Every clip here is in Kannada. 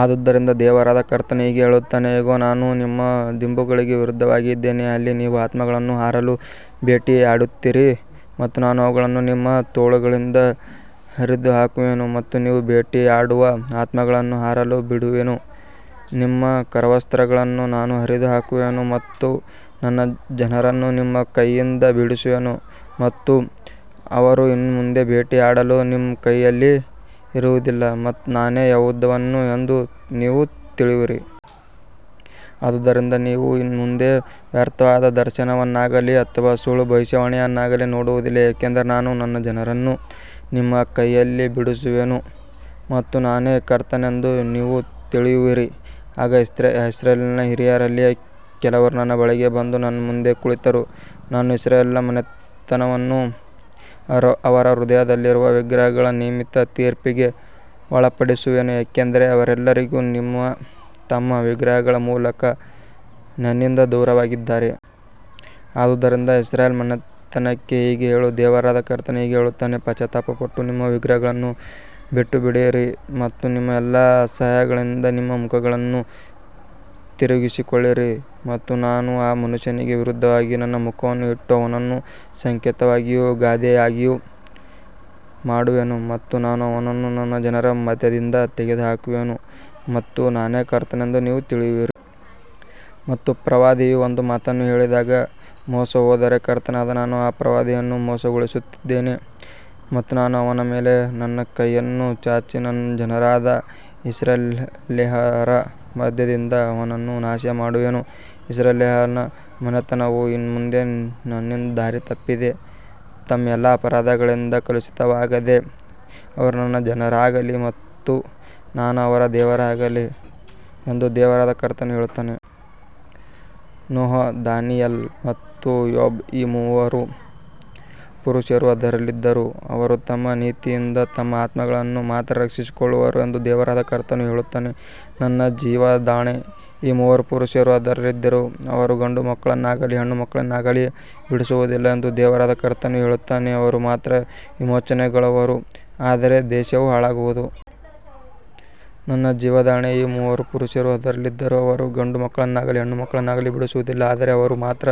ಆದುದರಿಂದ ದೇವರಾದ ಕರ್ತನು ಹೀಗೆ ಹೇಳುತ್ತಾನೆ, ಇಗೋ, ನಾನು ನಿಮ್ಮ ದಿಂಬುಗಳಿಗೆ ವಿರುದ್ಧವಾಗಿದ್ದೇನೆ, ಅಲ್ಲಿ ನೀವು ಆತ್ಮಗಳನ್ನು ಹಾರಲು ಬೇಟೆಯಾಡುತ್ತೀರಿ ಮತ್ತು ನಾನು ಅವುಗಳನ್ನು ನಿಮ್ಮ ತೋಳುಗಳಿಂದ ಹರಿದುಹಾಕುವೆನು ಮತ್ತು ನೀವು ಬೇಟೆಯಾಡುವ ಆತ್ಮಗಳನ್ನು ಹಾರಲು ಬಿಡುವೆನು. ನಿಮ್ಮ ಕರವಸ್ತ್ರಗಳನ್ನೂ ನಾನು ಹರಿದುಹಾಕುವೆನು ಮತ್ತು ನನ್ನ ಜನರನ್ನು ನಿಮ್ಮ ಕೈಯಿಂದ ಬಿಡಿಸುವೆನು ಮತ್ತು ಅವರು ಇನ್ನು ಮುಂದೆ ಬೇಟೆಯಾಡಲು ನಿಮ್ಮ ಕೈಯಲ್ಲಿ ಇರುವುದಿಲ್ಲ ಮತ್ತು ನಾನೇ ಯೆಹೋವನು ಎಂದು ನೀವು ತಿಳಿಯುವಿರಿ. ಆದ್ದರಿಂದ ನೀವು ಇನ್ನು ಮುಂದೆ ವ್ಯರ್ಥವಾದ ದರ್ಶನವನ್ನಾಗಲಿ ಅಥವಾ ಸುಳ್ಳು ಭವಿಷ್ಯವಾಣಿಯನ್ನಾಗಲಿ ನೋಡುವುದಿಲ್ಲ, ಏಕೆಂದರೆ ನಾನು ನನ್ನ ಜನರನ್ನು ನಿಮ್ಮ ಕೈಯಿಂದ ಬಿಡಿಸುವೆನು ಮತ್ತು ನಾನೇ ಕರ್ತನೆಂದು ನೀವು ತಿಳಿಯುವಿರಿ. ಆಗ ಇಸ್ರಾಯೇಲಿನ ಹಿರಿಯರಲ್ಲಿ ಕೆಲವರು ನನ್ನ ಬಳಿಗೆ ಬಂದು ನನ್ನ ಮುಂದೆ ಕುಳಿತರು. ನಾನು ಇಸ್ರಾಯೇಲ್ ಮನೆತನವನ್ನು ಅವರ ಹೃದಯದಲ್ಲಿರುವ ವಿಗ್ರಹಗಳ ನಿಮಿತ್ತ ತೀರ್ಪಿಗೆ ಒಳಪಡಿಸುವೆನು, ಏಕೆಂದರೆ ಅವರೆಲ್ಲರೂ ತಮ್ಮ ವಿಗ್ರಹಗಳ ಮೂಲಕ ನನ್ನಿಂದ ದೂರವಾಗಿದ್ದಾರೆ. ಆದ್ದರಿಂದ ಇಸ್ರಾಯೇಲ್ ಮನೆತನಕ್ಕೆ ಹೀಗೆ ಹೇಳು, ದೇವರಾದ ಕರ್ತನು ಹೀಗೆ ಹೇಳುತ್ತಾನೆ, ಪಶ್ಚಾತ್ತಾಪಪಟ್ಟು ನಿಮ್ಮ ವಿಗ್ರಹಗಳನ್ನು ಬಿಟ್ಟುಬಿಡಿರಿ ಮತ್ತು ನಿಮ್ಮ ಎಲ್ಲಾ ಅಸಹ್ಯಗಳಿಂದ ನಿಮ್ಮ ಮುಖಗಳನ್ನು ತಿರುಗಿಸಿಕೊಳ್ಳಿರಿ. ಮತ್ತು ನಾನು ಆ ಮನುಷ್ಯನಿಗೆ ವಿರುದ್ಧವಾಗಿ ನನ್ನ ಮುಖವನ್ನು ಇಟ್ಟು ಅವನನ್ನು ಸಂಕೇತವಾಗಿಯೂ ಗಾದೆಯಾಗಿಯೂ ಮಾಡುವೆನು ಮತ್ತು ನಾನು ಅವನನ್ನು ನನ್ನ ಜನರ ಮಧ್ಯದಿಂದ ತೆಗೆದುಹಾಕುವೆನು ಮತ್ತು ನಾನೇ ಕರ್ತನೆಂದು ನೀವು ತಿಳಿಯುವಿರಿ. ಮತ್ತು ಪ್ರವಾದಿಯು ಒಂದು ಮಾತನ್ನು ಹೇಳಿದಾಗ ಮೋಸಹೋದರೆ, ಕರ್ತನಾದ ನಾನು ಆ ಪ್ರವಾದಿಯನ್ನು ಮೋಸಗೊಳಿಸಿದ್ದೇನೆ ಮತ್ತು ನಾನು ಅವನ ಮೇಲೆ ನನ್ನ ಕೈಯನ್ನು ಚಾಚಿ ನನ್ನ ಜನರಾದ ಇಸ್ರಾಯೇಲ್ಯರ ಮಧ್ಯದಿಂದ ಅವನನ್ನು ನಾಶಮಾಡುವೆನು. ಇಸ್ರಾಯೇಲ್ ಮನೆತನವು ಇನ್ನು ಮುಂದೆ ನನ್ನಿಂದ ದಾರಿತಪ್ಪದೆ ತಮ್ಮ ಎಲ್ಲಾ ಅಪರಾಧಗಳಿಂದ ಕಲುಷಿತವಾಗದೆ, ಅವರು ನನ್ನ ಜನರಾಗಲಿ ಮತ್ತು ನಾನು ಅವರ ದೇವರಾಗಲಿ ಎಂದು ದೇವರಾದ ಕರ್ತನು ಹೇಳುತ್ತಾನೆ. ನೋಹ, ದಾನಿಯೇಲ ಮತ್ತು ಯೋಬ ಈ ಮೂವರು ಪುರುಷರು ಅದರಲ್ಲಿದ್ದರೂ, ಅವರು ತಮ್ಮ ನೀತಿಯಿಂದ ತಮ್ಮ ಆತ್ಮಗಳನ್ನು ಮಾತ್ರ ರಕ್ಷಿಸಿಕೊಳ್ಳುವರು ಎಂದು ದೇವರಾದ ಕರ್ತನು ಹೇಳುತ್ತಾನೆ. ನನ್ನ ಜೀವದಾಣೆ, ಈ ಮೂವರು ಪುರುಷರು ಅದರಲ್ಲಿದ್ದರೂ, ಅವರು ಗಂಡುಮಕ್ಕಳನ್ನಾಗಲಿ ಹೆಣ್ಣುಮಕ್ಕಳನ್ನಾಗಲಿ ಬಿಡಿಸುವುದಿಲ್ಲ ಎಂದು ದೇವರಾದ ಕರ್ತನು ಹೇಳುತ್ತಾನೆ, ಅವರು ಮಾತ್ರ ವಿಮೋಚನೆಗೊಳ್ಳುವರು, ಆದರೆ ದೇಶವು ಹಾಳಾಗುವುದು. ನನ್ನ ಜೀವದಾಣೆ, ಈ ಮೂವರು ಪುರುಷರು ಅದರಲ್ಲಿದ್ದರೂ, ಅವರು ಗಂಡುಮಕ್ಕಳನ್ನಾಗಲಿ ಹೆಣ್ಣುಮಕ್ಕಳನ್ನಾಗಲಿ ಬಿಡಿಸುವುದಿಲ್ಲ, ಆದರೆ ಅವರು ಮಾತ್ರ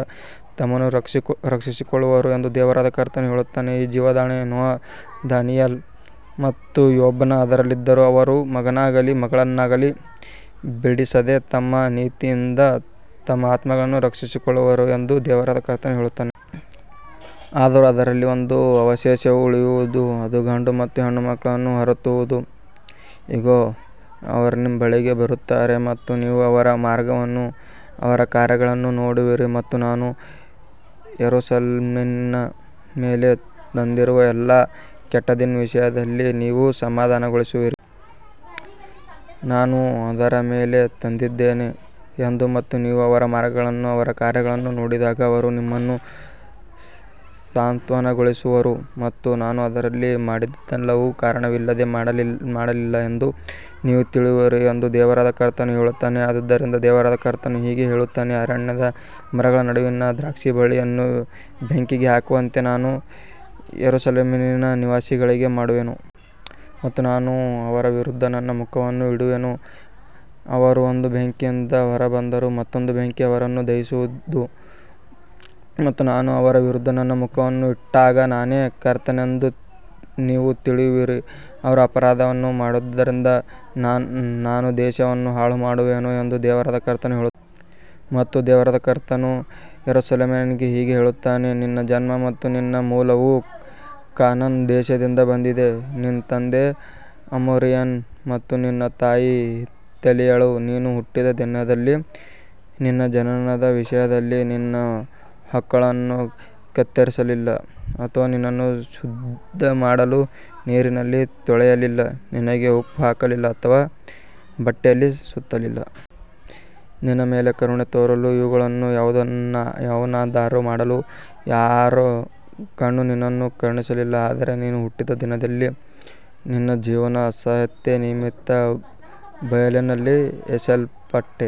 ತಮ್ಮನ್ನು ರಕ್ಷಿಸಿಕೊಳ್ಳುವರು ಎಂದು ದೇವರಾದ ಕರ್ತನು ಹೇಳುತ್ತಾನೆ. ನನ್ನ ಜೀವದಾಣೆ, ನೋಹ, ದಾನಿಯೇಲ ಮತ್ತು ಯೋಬನು ಅದರಲ್ಲಿದ್ದರೂ, ಅವರು ಮಗನನ್ನಾಗಲಿ ಮಗಳನ್ನಾಗಲಿ ಬಿಡಿಸದೆ ತಮ್ಮ ನೀತಿಯಿಂದ ತಮ್ಮ ಆತ್ಮಗಳನ್ನು ರಕ್ಷಿಸಿಕೊಳ್ಳುವರು ಎಂದು ದೇವರಾದ ಕರ್ತನು ಹೇಳುತ್ತಾನೆ. ಆದರೂ ಅದರಲ್ಲಿ ಒಂದು ಅವಶೇಷವು ಉಳಿಯುವುದು, ಅದು ಗಂಡು ಮತ್ತು ಹೆಣ್ಣು ಮಕ್ಕಳನ್ನು ಹೊರತರುವುದು. ಇಗೋ, ಅವರು ನಿಮ್ಮ ಬಳಿಗೆ ಬರುತ್ತಾರೆ ಮತ್ತು ನೀವು ಅವರ ಮಾರ್ಗವನ್ನೂ ಅವರ ಕಾರ್ಯಗಳನ್ನೂ ನೋಡುವಿರಿ ಮತ್ತು ನಾನು ಯೆರೂಸಲೇಮಿನ ಮೇಲೆ ತಂದಿರುವ ಎಲ್ಲಾ ಕೆಟ್ಟದ್ದಿನ ವಿಷಯದಲ್ಲಿ ನೀವು ಸಮಾಧಾನಗೊಳ್ಳುವಿರಿ. ನಾನು ಅದರ ಮೇಲೆ ತಂದಿದ್ದೇನೆ ಎಂದು ಮತ್ತು ನೀವು ಅವರ ಮಾರ್ಗಗಳನ್ನೂ ಅವರ ಕಾರ್ಯಗಳನ್ನೂ ನೋಡಿದಾಗ ಅವರು ನಿಮ್ಮನ್ನು ಸಾಂತ್ವನಗೊಳಿಸುವರು ಮತ್ತು ನಾನು ಅದರಲ್ಲಿ ಮಾಡಿದ್ದೆಲ್ಲವನ್ನೂ ಕಾರಣವಿಲ್ಲದೆ ಮಾಡಲಿಲ್ಲ ಎಂದು ನೀವು ತಿಳಿಯುವಿರಿ ಎಂದು ದೇವರಾದ ಕರ್ತನು ಹೇಳುತ್ತಾನೆ. ಆದ್ದರಿಂದ ದೇವರಾದ ಕರ್ತನು ಹೀಗೆ ಹೇಳುತ್ತಾನೆ, ಅರಣ್ಯದ ಮರಗಳ ನಡುವಿನ ದ್ರಾಕ್ಷಿಬಳ್ಳಿಯನ್ನು ಬೆಂಕಿಗೆ ಹಾಕುವಂತೆ ನಾನು ಯೆರೂಸಲೇಮಿನ ನಿವಾಸಿಗಳಿಗೆ ಮಾಡುವೆನು. ಮತ್ತು ನಾನು ಅವರ ವಿರುದ್ಧ ನನ್ನ ಮುಖವನ್ನು ಇಡುವೆನು, ಅವರು ಒಂದು ಬೆಂಕಿಯಿಂದ ಹೊರಬಂದರೂ ಮತ್ತೊಂದು ಬೆಂಕಿ ಅವರನ್ನು ದಹಿಸುವುದು ಮತ್ತು ನಾನು ಅವರ ವಿರುದ್ಧ ನನ್ನ ಮುಖವನ್ನು ಇಟ್ಟಾಗ ನಾನೇ ಕರ್ತನೆಂದು ನೀವು ತಿಳಿಯುವಿರಿ. ಅವರು ಅಪರಾಧವನ್ನು ಮಾಡಿದ್ದರಿಂದ ನಾನು ದೇಶವನ್ನು ಹಾಳುಮಾಡುವೆನು ಎಂದು ದೇವರಾದ ಕರ್ತನು ಹೇಳುತ್ತಾನೆ. ಮತ್ತು ದೇವರಾದ ಕರ್ತನು ಯೆರೂಸಲೇಮಿಗೆ ಹೀಗೆ ಹೇಳುತ್ತಾನೆ, ನಿನ್ನ ಜನ್ಮ ಮತ್ತು ನಿನ್ನ ಮೂಲವು ಕಾನಾನ್ ದೇಶದಿಂದ ಬಂದಿದೆ, ನಿನ್ನ ತಂದೆ ಅಮೋರಿಯನು ಮತ್ತು ನಿನ್ನ ತಾಯಿ ಹಿತ್ತಿಯಳು. ನೀನು ಹುಟ್ಟಿದ ದಿನದಲ್ಲಿ ನಿನ್ನ ಜನನದ ವಿಷಯದಲ್ಲಿ ನಿನ್ನ ಹೊಕ್ಕುಳನ್ನು ಕತ್ತರಿಸಲಿಲ್ಲ ಅಥವಾ ನಿನ್ನನ್ನು ಶುದ್ಧಮಾಡಲು ನೀರಿನಲ್ಲಿ ತೊಳೆಯಲಿಲ್ಲ, ನಿನಗೆ ಉಪ್ಪು ಹಾಕಲಿಲ್ಲ ಅಥವಾ ಬಟ್ಟೆಯಲ್ಲಿ ಸುತ್ತಲಿಲ್ಲ. ನಿನ್ನ ಮೇಲೆ ಕರುಣೆ ತೋರಲು ಇವುಗಳಲ್ಲಿ ಯಾವುದನ್ನಾದರೂ ಮಾಡಲು ಯಾರ ಕಣ್ಣೂ ನಿನ್ನನ್ನು ಕರುಣಿಸಲಿಲ್ಲ, ಆದರೆ ನೀನು ಹುಟ್ಟಿದ ದಿನದಲ್ಲಿ ನಿನ್ನ ಜೀವದ ಅಸಹ್ಯತೆಯ ನಿಮಿತ್ತ ಬಯಲಿನಲ್ಲಿ ಎಸೆಯಲ್ಪಟ್ಟೆ.